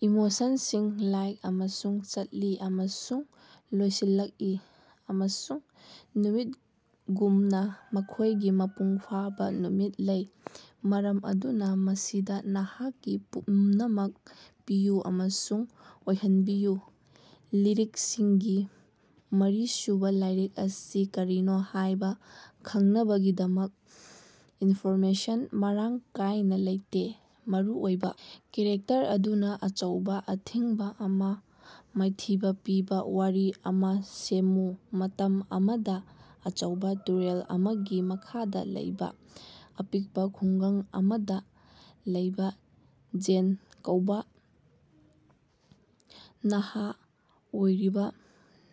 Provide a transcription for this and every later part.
ꯏꯃꯣꯁꯟꯁꯤꯡ ꯂꯥꯏ ꯑꯃꯁꯨꯡ ꯆꯠꯂꯤ ꯑꯃꯁꯨꯡ ꯂꯣꯏꯁꯤꯜꯂꯛꯏ ꯑꯃꯁꯨꯡ ꯅꯨꯃꯤꯠꯒꯨꯝꯅ ꯃꯈꯣꯏꯒꯤ ꯃꯄꯨꯡ ꯐꯥꯕ ꯅꯨꯃꯤꯠ ꯂꯩ ꯃꯔꯝ ꯑꯗꯨꯅ ꯃꯁꯤꯗ ꯅꯍꯥꯛꯀꯤ ꯄꯨꯝꯅꯃꯛ ꯄꯤꯌꯨ ꯑꯃꯁꯨꯡ ꯑꯣꯏꯍꯟꯕꯤꯌꯨ꯫ ꯂꯤꯔꯤꯛꯁꯤꯡꯒꯤ ꯃꯔꯤꯁꯨꯕ ꯂꯥꯏꯔꯤꯛ ꯑꯁꯤ ꯀꯔꯤꯅꯣ ꯍꯥꯏꯕ ꯈꯪꯅꯕꯒꯤꯗꯃꯛ ꯏꯟꯐꯣꯔꯃꯦꯁꯟ ꯃꯔꯥꯡ ꯀꯥꯏꯅ ꯂꯩꯇꯦ꯫ ꯃꯔꯨꯑꯣꯏꯕꯥ ꯀꯦꯔꯦꯛꯇꯔ ꯑꯗꯨꯅꯥ ꯑꯆꯧꯕꯥ ꯑꯊꯤꯡꯕꯥ ꯑꯃꯥ ꯃꯥꯏꯊꯤꯕꯥ ꯄꯤꯕꯥ ꯋꯥꯔꯤ ꯑꯃꯥ ꯁꯦꯝꯃꯨ꯫ ꯃꯇꯝ ꯑꯃꯗꯥ ꯑꯆꯧꯕꯥ ꯇꯨꯔꯦꯜ ꯑꯃꯒꯤ ꯃꯈꯥꯗꯥ ꯂꯩꯕꯥ ꯑꯄꯤꯛꯄ ꯈꯨꯡꯒꯪ ꯑꯃꯗꯥ ꯂꯩꯕ ꯖꯦꯟ ꯀꯧꯕꯥ ꯅꯍꯥ ꯑꯣꯏꯔꯤꯕꯥ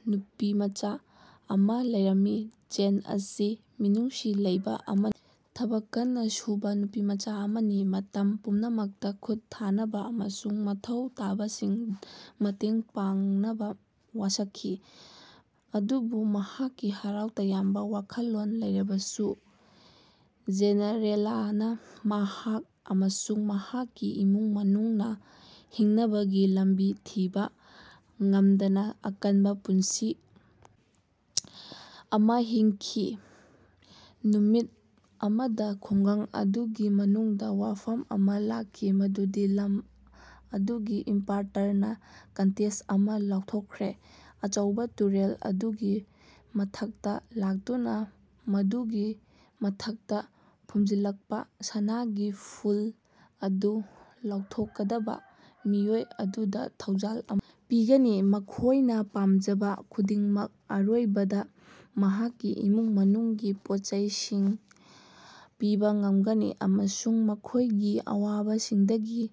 ꯅꯨꯄꯤꯃꯆꯥ ꯑꯃ ꯂꯩꯔꯝꯃꯤ꯫ ꯖꯦꯟ ꯑꯁꯤ ꯃꯤꯅꯨꯡꯁꯤ ꯂꯩꯕꯥ ꯑꯃ ꯊꯕꯛ ꯀꯟꯅꯥ ꯁꯨꯕꯥ ꯅꯨꯄꯤꯃꯆꯥ ꯑꯃꯅꯤ, ꯃꯇꯝ ꯄꯨꯝꯅꯃꯛꯇꯥ ꯈꯨꯠ ꯊꯥꯅꯕꯥ ꯑꯃꯁꯨꯡ ꯃꯊꯧ ꯇꯥꯕꯁꯤꯡꯗꯥ ꯃꯇꯦꯡ ꯄꯥꯡꯅꯕꯥ ꯋꯥꯁꯛꯈꯤ꯫ ꯑꯗꯨꯕꯨ ꯃꯍꯥꯛꯀꯤ ꯍꯔꯥꯎ ꯇꯌꯥꯝꯕ ꯋꯥꯈꯜꯂꯣꯟ ꯂꯩꯔꯕꯁꯨ, ꯖꯦꯅꯔꯦꯂꯅꯥ ꯃꯍꯥꯛ ꯑꯃꯁꯨꯡ ꯃꯍꯥꯛꯀꯤ ꯏꯃꯨꯡ ꯃꯅꯨꯡꯅꯥ ꯍꯤꯡꯅꯕꯒꯤ ꯂꯝꯕꯤ ꯊꯤꯕꯥ ꯉꯝꯗꯅꯥ ꯑꯀꯟꯕꯥ ꯄꯨꯟꯁꯤ ꯑꯃꯥ ꯍꯤꯡꯈꯤ꯫ ꯅꯨꯃꯤꯠ ꯑꯃꯗꯥ ꯈꯨꯡꯒꯪ ꯑꯗꯨꯒꯤ ꯃꯅꯨꯡꯗꯥ ꯋꯥꯐꯝ ꯑꯃ ꯂꯥꯛꯈꯤ ꯃꯗꯨꯗꯤ ꯂꯝ ꯑꯗꯨꯒꯤ ꯏꯝꯄꯥꯔꯇꯔꯅꯥ ꯀꯟꯇꯦꯁꯠ ꯑꯃꯥ ꯂꯥꯎꯊꯣꯛꯈ꯭ꯔꯦ꯫ ꯑꯆꯧꯕꯥ ꯇꯨꯔꯦꯜ ꯑꯗꯨꯒꯤ ꯃꯊꯛꯇꯥ ꯂꯥꯛꯇꯨꯅꯥ ꯃꯗꯨꯒꯤ ꯃꯊꯛꯇ ꯐꯨꯝꯖꯤꯜꯂꯛꯄꯥ ꯁꯅꯥꯒꯤ ꯐꯨꯜ ꯑꯗꯨ ꯂꯧꯊꯣꯛꯀꯗꯕꯥ ꯃꯤꯑꯣꯏ ꯑꯗꯨꯗꯥ ꯊꯧꯖꯥꯜ ꯑꯃꯥ ꯄꯤꯒꯅꯤ, ꯃꯈꯣꯏꯅꯥ ꯄꯥꯝꯖꯕꯥ ꯈꯨꯗꯤꯡꯃꯛ꯫ ꯑꯔꯣꯏꯕꯗꯥ ꯃꯍꯥꯛꯀꯤ ꯏꯃꯨꯡ ꯃꯅꯨꯡꯒꯤ ꯄꯣꯠꯆꯩꯁꯤꯡ ꯄꯤꯕꯥ ꯉꯝꯒꯅꯤ ꯑꯃꯁꯨꯡ ꯃꯈꯣꯏꯒꯤ ꯑꯋꯥꯕꯁꯤꯡꯗꯒꯤ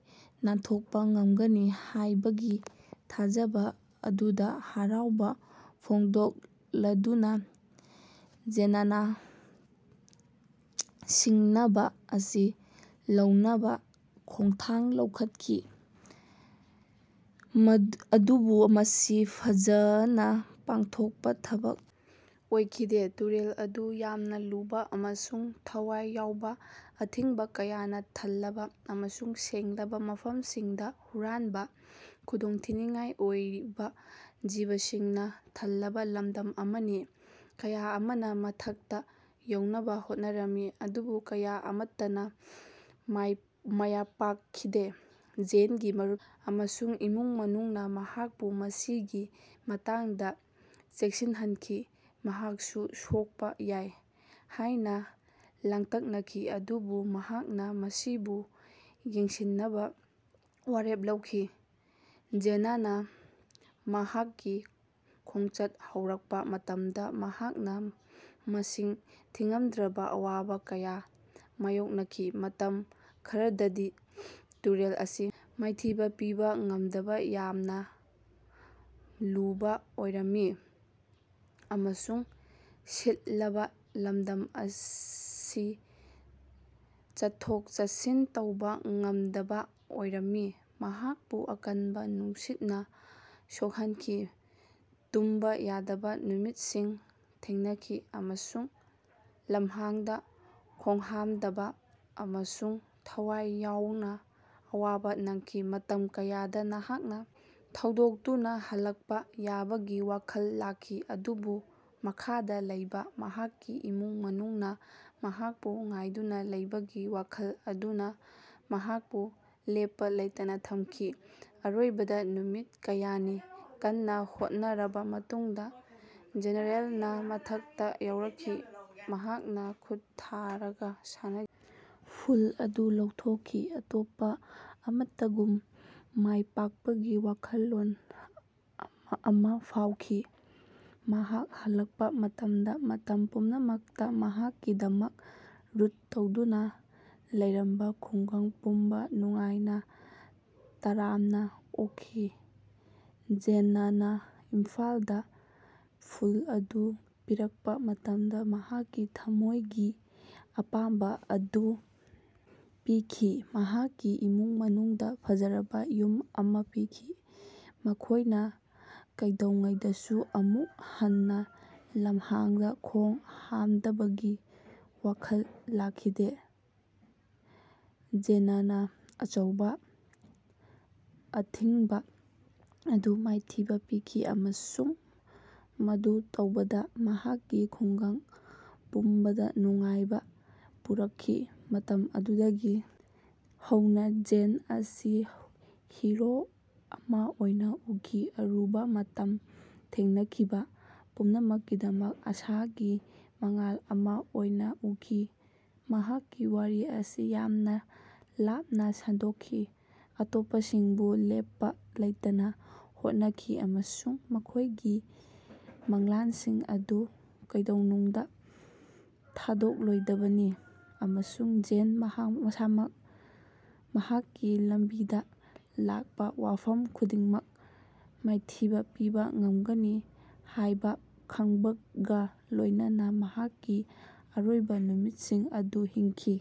ꯅꯥꯟꯊꯣꯛꯄꯥ ꯉꯝꯒꯅꯤ ꯍꯥꯏꯕꯒꯤ ꯊꯥꯖꯕꯥ ꯑꯗꯨꯗꯥ ꯍꯔꯥꯎꯕꯥ ꯐꯣꯡꯗꯣꯛꯂꯗꯨꯅꯥ ꯖꯦꯅꯅꯥ ꯁꯤꯡꯅꯕꯥ ꯑꯁꯤ ꯂꯧꯅꯕꯥ ꯈꯣꯡꯊꯥꯡ ꯂꯧꯈꯠꯈꯤ꯫ ꯃꯠ ꯑꯗꯨꯕꯨ ꯃꯁꯤ ꯐꯖꯅꯥ ꯄꯥꯡꯊꯣꯛꯄꯥ ꯊꯕꯛ ꯑꯣꯏꯈꯤꯗꯦ꯫ ꯇꯨꯔꯦꯜ ꯑꯗꯨ ꯌꯥꯝꯅꯥ ꯂꯨꯕꯥ ꯑꯃꯁꯨꯡ ꯊꯋꯥꯏ ꯌꯥꯎꯕꯥ, ꯑꯊꯤꯡꯕꯥ ꯀꯌꯥꯅꯥ ꯊꯜꯂꯕꯥ ꯑꯃꯁꯨꯡ ꯁꯦꯡꯂꯕꯥ ꯃꯐꯝꯁꯤꯡꯗꯥ ꯍꯨꯔꯥꯟꯕꯥ ꯈꯨꯗꯣꯡꯊꯤꯅꯤꯡꯉꯥꯏ ꯑꯣꯏꯕꯥ ꯖꯤꯕꯁꯤꯡꯅꯥ ꯊꯜꯂꯕꯥ ꯂꯝꯗꯝ ꯑꯃꯅꯤ꯫ ꯀꯌꯥ ꯑꯃꯅꯥ ꯃꯊꯛꯇꯥ ꯌꯧꯅꯕꯥ ꯍꯣꯠꯅꯔꯝꯃꯤ ꯑꯗꯨꯕꯨ ꯀꯌꯥ ꯑꯃꯠꯇꯅꯥ ꯃꯥꯏ ꯃꯥꯌ ꯄꯥꯛꯈꯤꯗꯦ꯫ ꯖꯦꯟꯒꯤ ꯃꯔꯨꯄ ꯑꯃꯁꯨꯡ ꯏꯃꯨꯡ ꯃꯅꯨꯡꯅꯥ ꯃꯍꯥꯛꯄꯨ ꯃꯁꯤꯒꯤ ꯃꯇꯥꯡꯗꯥ ꯆꯦꯛꯁꯤꯟꯍꯟꯈꯤ, ꯃꯍꯥꯛꯁꯨ ꯁꯣꯛꯄꯥ ꯌꯥꯏ ꯍꯥꯏꯅꯥ ꯂꯥꯡꯇꯛꯅꯈꯤ, ꯑꯗꯨꯕꯨ ꯃꯍꯥꯛꯅꯥ ꯃꯁꯤꯕꯨ ꯌꯦꯡꯁꯤꯟꯅꯕꯥ ꯋꯥꯔꯦꯞ ꯂꯧꯈꯤ꯫ ꯖꯦꯅꯅꯥ ꯃꯍꯥꯛꯀꯤ ꯈꯣꯡꯆꯠ ꯍꯧꯔꯛꯄꯥ ꯃꯇꯝꯗ ꯃꯍꯥꯛꯅꯥ ꯃꯁꯤꯡ ꯊꯤꯉꯝꯗ꯭ꯔꯕꯥ ꯑꯋꯥꯕ ꯀꯌꯥ ꯃꯥꯌꯣꯛꯅꯈꯤ꯫ ꯃꯇꯝ ꯈꯔꯗꯗꯤ ꯇꯨꯔꯦꯜ ꯑꯁꯤ ꯃꯥꯏꯊꯤꯕꯥ ꯄꯤꯕ ꯉꯝꯗꯕ ꯌꯥꯝꯅꯥ ꯂꯨꯕꯥ ꯑꯣꯏꯔꯝꯃꯤ, ꯑꯃꯁꯨꯡ ꯁꯤꯠꯂꯕꯥ ꯂꯝꯗꯝ ꯑꯁꯤ ꯆꯠꯊꯣꯛ-ꯆꯠꯁꯤꯟ ꯇꯧꯕꯥ ꯉꯝꯗꯕꯥ ꯑꯣꯏꯔꯝꯃꯤ꯫ ꯃꯍꯥꯛꯄꯨ ꯑꯀꯟꯕꯥ ꯅꯨꯡꯁꯤꯠꯅꯥ ꯁꯣꯛꯍꯟꯈꯤ, ꯇꯨꯝꯕꯥ ꯌꯥꯗꯕꯥ ꯅꯨꯃꯤꯠꯁꯤꯡ ꯊꯦꯡꯅꯈꯤ ꯑꯃꯁꯨꯡ ꯂꯝꯍꯥꯡꯗꯥ ꯈꯣꯡꯍꯥꯝꯗꯕꯥ ꯑꯃꯁꯨꯡ ꯊꯋꯥꯏ ꯌꯥꯎꯅ ꯑꯋꯥꯕꯥ ꯅꯪꯈꯤ꯫ ꯃꯇꯝ ꯀꯌꯥꯗ ꯅꯍꯥꯛꯅ ꯊꯧꯗꯣꯛꯇꯨꯅꯥ ꯍꯜꯂꯛꯄꯥ ꯌꯥꯕꯒꯤ ꯋꯥꯈꯜ ꯂꯥꯛꯈꯤ ꯑꯗꯨꯕꯨ ꯃꯈꯥꯗꯥ ꯂꯩꯕꯥ ꯃꯍꯥꯛꯀꯤ ꯏꯃꯨꯡ ꯃꯅꯨꯡꯅꯥ ꯃꯍꯥꯛꯄꯨ ꯉꯥꯏꯗꯨꯅꯥ ꯂꯩꯕꯒꯤ ꯋꯥꯈꯜ ꯑꯗꯨꯅꯥ ꯃꯍꯥꯛꯄꯨ ꯂꯦꯞꯄꯥ ꯂꯩꯇꯅꯥ ꯊꯝꯈꯤ꯫ ꯑꯔꯣꯏꯕꯗ ꯅꯨꯃꯤꯠ ꯀꯌꯥꯅꯤ ꯀꯟꯅꯥ ꯍꯣꯠꯅꯔꯕꯥ ꯃꯇꯨꯡꯗꯥ ꯖꯦꯅꯔꯦꯜꯅꯥ ꯃꯊꯛꯇꯥ ꯌꯧꯔꯛꯈꯤ꯫ ꯃꯍꯥꯛꯅꯥ ꯈꯨꯠ ꯊꯥꯔꯒꯥ ꯁꯅꯥ ꯐꯨꯜ ꯑꯗꯨ ꯂꯧꯊꯣꯛꯈꯤ, ꯑꯇꯣꯞꯄꯥ ꯑꯃꯠꯇꯒꯨꯝ ꯃꯥꯏꯄꯥꯛꯄꯒꯤ ꯋꯥꯈꯜꯂꯣꯟ ꯑꯃꯥ ꯐꯥꯎꯈꯤ꯫ ꯃꯍꯥꯛ ꯍꯜꯂꯛꯄꯥ ꯃꯇꯝꯗꯥ, ꯃꯇꯝ ꯄꯨꯝꯅꯃꯛꯇꯥ ꯃꯍꯥꯛꯀꯤꯗꯃꯛ ꯔꯨꯠ ꯇꯧꯗꯨꯅꯥ ꯂꯩꯔꯝꯕꯥ ꯈꯨꯡꯒꯪ ꯄꯨꯝꯕꯥ ꯅꯨꯡꯉꯥꯏꯅꯥ ꯇꯔꯥꯝꯅꯥ ꯑꯣꯛꯈꯤ꯫ ꯖꯦꯅꯅꯥ ꯏꯝꯐꯥꯜꯗꯥ ꯐꯨꯜ ꯑꯗꯨ ꯄꯤꯔꯛꯄꯥ ꯃꯇꯝꯗ ꯃꯍꯥꯛꯀꯤ ꯊꯝꯃꯣꯏꯒꯤ ꯑꯄꯥꯝꯕꯥ ꯑꯗꯨ ꯄꯤꯈꯤ꯫ ꯃꯍꯥꯛꯀꯤ ꯏꯃꯨꯡ ꯃꯅꯨꯡꯗꯥ ꯐꯖꯔꯕꯥ ꯌꯨꯝ ꯑꯃ ꯄꯤꯈꯤ, ꯃꯈꯣꯏꯅ ꯀꯩꯗꯧꯉꯩꯗꯁꯨ ꯑꯃꯨꯛ ꯍꯟꯅꯥ ꯂꯝꯍꯥꯡꯗꯥ ꯈꯣꯡ ꯍꯥꯝꯗꯕꯒꯤ ꯋꯥꯈꯜ ꯂꯥꯛꯈꯤꯗꯦ꯫ ꯖꯦꯅꯅꯥ ꯑꯆꯧꯕꯥ ꯑꯊꯤꯡꯕꯥ ꯑꯗꯨ ꯃꯥꯏꯊꯤꯕꯥ ꯄꯤꯈꯤ ꯑꯃꯁꯨꯡ ꯃꯗꯨ ꯇꯧꯕꯗꯥ ꯃꯍꯥꯛꯀꯤ ꯈꯨꯡꯒꯪ ꯄꯨꯝꯕꯗꯥ ꯅꯨꯡꯉꯥꯏꯕꯥ ꯄꯨꯔꯛꯈꯤ꯫ ꯃꯇꯝ ꯑꯗꯨꯗꯒꯤ ꯍꯧꯅꯥ ꯖꯦꯟ ꯑꯁꯤ ꯍꯤꯔꯣ ꯑꯃꯥ ꯑꯣꯏꯅꯥ ꯎꯈꯤ, ꯑꯔꯨꯕꯥ ꯃꯇꯝ ꯊꯦꯡꯅꯈꯤꯕꯥ ꯄꯨꯝꯅꯃꯛꯀꯤꯗꯃꯛ ꯑꯥꯁꯥꯒꯤ ꯃꯉꯥꯜ ꯑꯃꯥ ꯑꯣꯏꯅꯥ ꯎꯈꯤ꯫ ꯃꯍꯥꯛꯀꯤ ꯋꯥꯔꯤ ꯑꯁꯤ ꯌꯥꯝꯅꯥ ꯂꯥꯞꯅꯥ ꯁꯟꯗꯣꯛꯈꯤ, ꯑꯇꯣꯞꯄꯁꯤꯡꯕꯨ ꯂꯦꯞꯄꯥ ꯂꯩꯇꯅꯥ ꯍꯣꯠꯅꯈꯤ ꯑꯃꯁꯨꯡ ꯃꯈꯣꯏꯒꯤ ꯃꯪꯂꯥꯟꯁꯤꯡ ꯑꯗꯨ ꯀꯩꯗꯧꯅꯨꯡꯗꯥ ꯊꯥꯗꯣꯛꯂꯣꯏꯗꯕꯅꯤ꯫ ꯑꯃꯁꯨꯡ ꯖꯦꯟ ꯃꯍꯥꯛ ꯃꯁꯥꯃꯛ, ꯃꯍꯥꯛꯀꯤ ꯂꯝꯕꯤꯗꯥ ꯂꯥꯛꯄꯥ ꯋꯥꯐꯝ ꯈꯨꯗꯤꯡꯃꯛ ꯃꯥꯏꯊꯤꯕꯥ ꯄꯤꯕꯥ ꯉꯝꯒꯅꯤ ꯍꯥꯏꯕꯥ ꯈꯪꯕꯒꯥ ꯂꯣꯏꯅꯅ ꯃꯍꯥꯛꯀꯤ ꯑꯔꯣꯏꯕꯥ ꯅꯨꯃꯤꯠꯁꯤꯡ ꯑꯗꯨ ꯍꯤꯡꯈꯤ꯫।